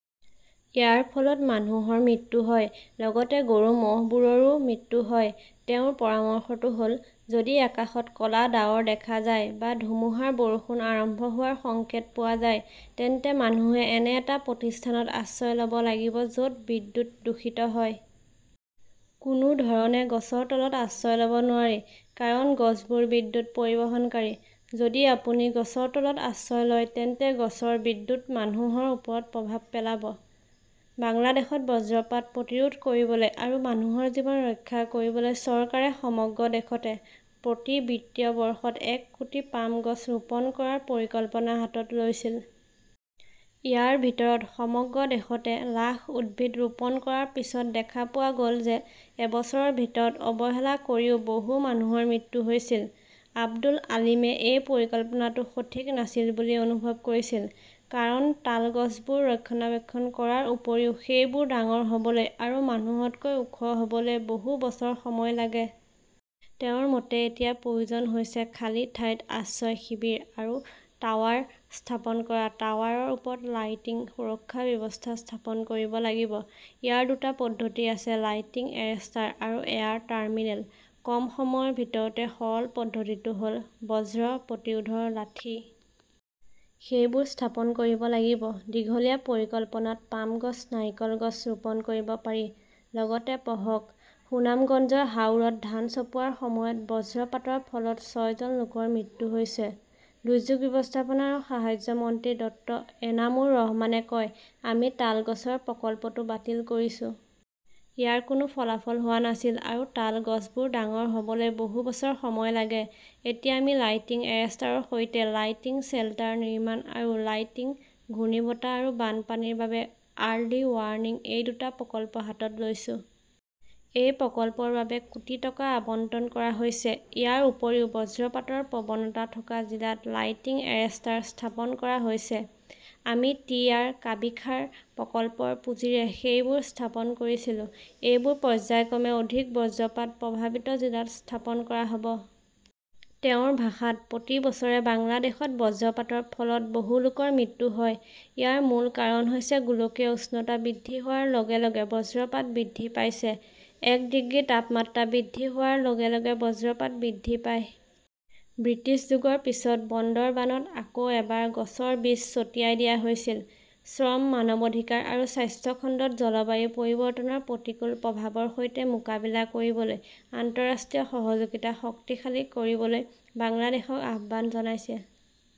ইয়াৰ ফলত মানুহৰ মৃত্যু হয়, লগতে গৰু-ম'হবোৰৰো মৃত্যু হয়। "তেওঁৰ পৰামৰ্শটো হ'ল ", যদি আকাশত ক'লা ডাৱৰ দেখা যায় বা ধুমুহাৰ বৰষুণ আৰম্ভ হোৱাৰ সংকেত পোৱা যায়, তেন্তে মানুহে এনে এটা প্ৰতিষ্ঠানত আশ্ৰয় ল'ব লাগিব য'ত বিদ্যুৎ দূষিত হয়। কোনো ধৰণে গছৰ তলত আশ্ৰয় ল'ব নোৱাৰি। কাৰণ গছবোৰ বিদ্যুৎ পৰিবহণকাৰী। যদি আপুনি গছৰ তলত আশ্ৰয় লয় তেন্তে গছৰ বিদ্যুৎ মানুহৰ ওপৰত প্ৰভাৱ পেলাব। "বাংলাদেশত বজ্ৰপাত প্ৰতিৰোধ কৰিবলৈ আৰু মানুহৰ জীৱন ৰক্ষা কৰিবলৈ চৰকাৰে সমগ্ৰ দেশতে প্ৰতি বিত্তীয় বৰ্ষত এক কোটি পাম গছ ৰোপণ কৰাৰ পৰিকল্পনা হাতত লৈছিল।" ইয়াৰ ভিতৰত, সমগ্ৰ দেশতে লাখ উদ্ভিদ ৰোপণ কৰাৰ পিছত দেখা পোৱা গ'ল যে এবছৰৰ ভিতৰত অৱহেলা কৰিও বহু মানুহৰ মৃত্যু হৈছিল। আব্দুল আলিমে এই পৰিকল্পনাটো সঠিক নাছিল বুলি অনুভৱ কৰিছিল। কাৰণ তাল গছবোৰ ৰক্ষণাবেক্ষণ কৰাৰ উপৰিও সেইবোৰ ডাঙৰ হ'বলৈ আৰু মানুহতকৈ ওখ হ'বলৈ বহু বছৰ সময় লাগে। তেওঁৰ মতে এতিয়া প্ৰয়োজন হৈছে, "খালী ঠাইত আশ্ৰয় শিবিৰ আৰু টাৱাৰ স্থাপন কৰা। টাৱাৰৰ ওপৰত লাইটিং সুৰক্ষা ব্যৱস্থা স্থাপন কৰিব লাগিব। ইয়াৰ দুটা পদ্ধতি আছে লাইটিং এৰেষ্টাৰ আৰু এয়াৰ টাৰ্মিনেল। কম সময়ৰ ভিতৰতে সৰল পদ্ধতিটো হ'ল বজ্ৰ প্ৰতিৰোধৰ লাঠি। সেইবোৰ স্থাপন কৰিব লাগিব। দীঘলীয়া পৰিকল্পনাত পাম গছ, নাৰিকল গছ ৰোপণ কৰিব পাৰি। লগতে পঢ়কঃ সুনামগঞ্জৰ হাওৰত ধান চপোৱাৰ সময়ত বজ্ৰপাতৰ ফলত ছয়জন লোকৰ মৃত্যু হৈছে, দুৰ্যোগ ব্যৱস্থাপনা আৰু সাহায্য মন্ত্ৰী ড. এনামুৰ ৰহমানে কয়, "আমি তাল গছৰ প্ৰকল্পটো বাতিল কৰিছো। ইয়াৰ কোনো ফলাফল হোৱা নাছিল আৰু তাল গছবোৰ ডাঙৰ হ'বলৈ বহু বছৰ সময় লাগে। এতিয়া আমি লাইটিং এৰেষ্টাৰৰ সৈতে লাইটিং শ্বেল্টাৰ নিৰ্মাণ আৰু লাইটিং, ঘূৰ্ণীবতাহ আৰু বানপানীৰ বাবে আৰ্লি ৱাৰ্ণিং-এই দুটা প্ৰকল্প হাতত লৈছো। এই প্ৰকল্পৰ বাবে কোটি টকা আবণ্টন কৰা হৈছে। ইয়াৰ উপৰিও, বজ্ৰপাতৰ প্ৰৱণতা থকা জিলাত লাইটিং এৰেষ্টাৰ স্থাপন কৰা হৈছে। আমি টি. আৰ. -কাবিখাৰ প্ৰকল্পৰ পুঁজিৰে সেইবোৰ স্থাপন কৰিছিলো। এইবোৰ পৰ্য্যায়ক্ৰমে অধিক বজ্ৰপাত প্ৰভাৱিত জিলাত স্থাপন কৰা হ'ব। "তেওঁৰ ভাষাত," প্ৰতি বছৰে বাংলাদেশত বজ্ৰপাতৰ ফলত বহু লোকৰ মৃত্যু হয়। ইয়াৰ মূল কাৰণ হৈছে গোলকীয় উষ্ণতা বৃদ্ধি হোৱাৰ লগে লগে বজ্ৰপাত বৃদ্ধি পাইছে। এক ডিগ্ৰী তাপমাত্ৰা বৃদ্ধি হোৱাৰ লগে লগে বজ্ৰপাত বৃদ্ধি পায়। " ব্ৰিটিছ যুগৰ পিছত বন্দৰবানত আকৌ এবাৰ গছৰ বীজ ছটিয়াই দিয়া হৈছিল। শ্ৰম, মানৱ অধিকাৰ আৰু স্বাস্থ্য খণ্ডত জলবায়ু পৰিৱৰ্তনৰ প্ৰতিকূল প্ৰভাৱৰ সৈতে মোকাবিলা কৰিবলৈ আন্তঃৰাষ্ট্ৰীয় সহযোগিতা শক্তিশালী কৰিবলৈ বাংলাদেশক আহ্বান জনাইছে।